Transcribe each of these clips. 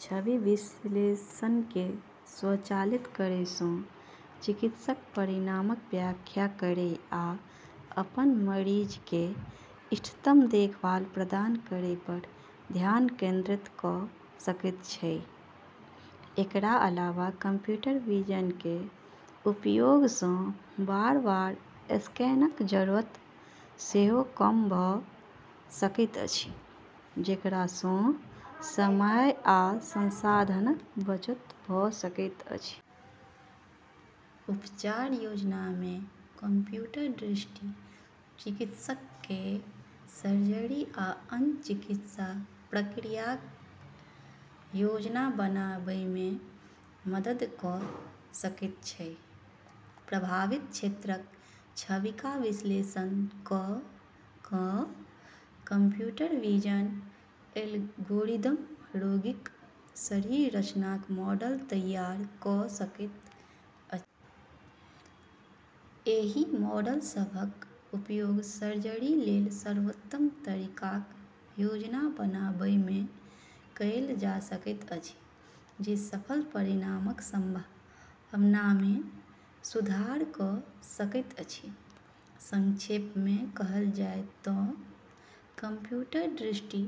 छवि विश्लेषणकेँ स्वचालित करैसँ चिकित्सक परिणामक व्याख्या करै आ अपन मरीजकेँ इष्टतम देखभाल प्रदान करैपर ध्यान केंद्रित कऽ सकैत छै। एकरा अलावा कंप्यूटर विजन के उपयोगसँ बार-बार स्कैनक जरूरत सेहो कम भऽ सकैत अछि, जेकरासँ समय आ संसाधनक बचत भऽ सकैत अछि। उपचार योजनामे कंप्यूटर दृष्टि चिकित्सककेँ सर्जरी आ अन्य चिकित्सा प्रक्रियाक योजना बनाबैमे मदद कऽ सकैत छै। प्रभावित क्षेत्रक छविका विश्लेषण कऽ कऽ कंप्यूटर विजन एल्गोरिदम रोगीक शरीर रचनाक मॉडल तैयार कऽ सकैत अछि। एहि मॉडल सभक उपयोग सर्जरीलेल सर्वोत्तम तरीकाक योजना बनाबैमे कएल जा सकैत अछि, जे सफल परिणामक संभावनामे सुधार कऽ सकैत अछि। संक्षेपमे कहल जाय तँ कंप्यूटर दृष्टि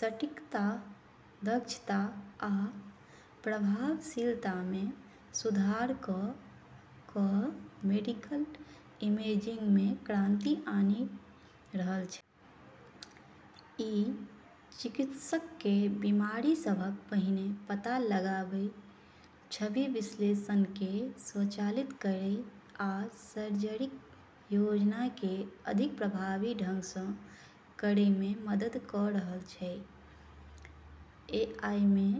सटीकता, दक्षता आ प्रभावशीलतामे सुधार कऽ कऽ मेडिकल इमेजिंगमे क्रांति आनि रहल छै। ई चिकित्सककेँ बीमारी सभक पहिने पता लगाबै, छवि विश्लेषणकेँ स्वचालित करै, आ सर्जरीक योजनाकेँ अधिक प्रभावी ढंगसँ करैमे मदद कऽ रहल छै। एआईमे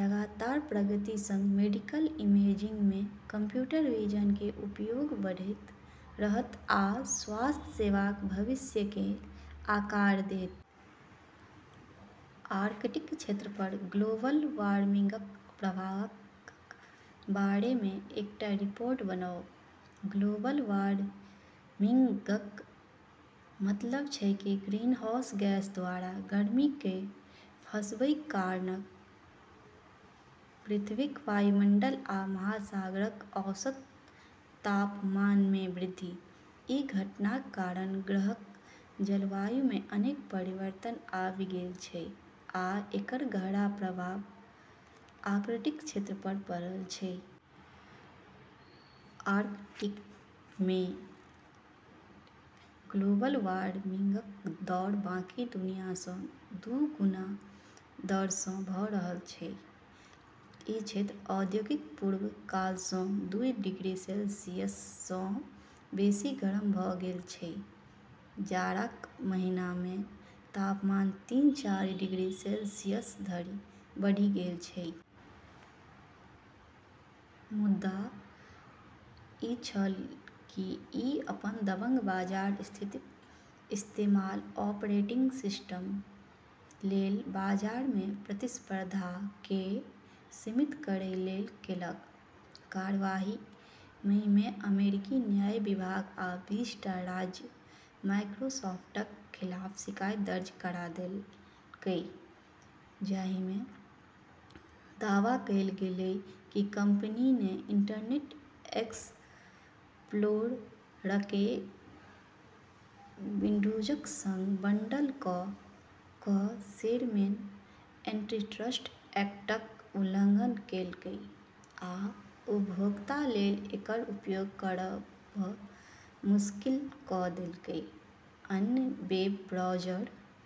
लगातार प्रगति संग मेडिकल इमेजिंगमे कंप्यूटर विजन के उपयोग बढ़ैत रहत आ स्वास्थ्य सेवाक भविष्यकेँ आकार देत। आर्कटिक क्षेत्रपर ग्लोबल वार्मिंगक प्रभावक बारेमे एकटा रिपोर्ट बनाउ। ग्लोबल वार्मिंगक मतलब छै कि ग्रीनहाउस गैसद्वारा गर्मीकेँ फँसबै कारण पृथ्वीक वायुमंडल आ महासागरक औसत तापमानमे वृद्धि। ई घटनाक कारण ग्रहक जलवायुमे अनेक परिवर्तन आबि गेल छै आ एकर गहरा प्रभाव आर्कटिक क्षेत्रपर पड़ल छै। आर्कटिकमे ग्लोबल वार्मिंगक दौर बाकी दुनियासँ दू गुना दरसँ भऽ रहल छै। ई क्षेत्र औद्योगिक पूर्व कालसँ दुई डिग्री सेल्सियससँ बेसी गरम भऽ गेल छै, जाड़ाक महीनामे तापमान तीन चारि डिग्री सेल्सियसधरि बढ़ि गेल छै। मुद्दा ई छल कि ई अपन दबंग बाजार स्थितिक इस्तेमाल ऑपरेटिंग सिस्टमलेल बाजारमे प्रतिस्पर्धाकेँ सीमित करैलेल केलक। कार्यवाही मईमे अमेरिकी न्याय विभाग आ बीस टा राज्य माइक्रोसॉफ्टक खिलाफ शिकायत दर्ज करा देलकै, जाहिमे दावा कएल गेलै कि कंपनीने इंटरनेट एक्सप्लोररकेँ विंडोजक संग बंडल कऽ कऽ शेरमेन एंटीट्रस्ट एक्टक उल्लंघन केलकै आ उपभोक्तालेल एकर उपयोग करब मुश्किल कऽ देलकै अन्य वेब ब्राउज़र।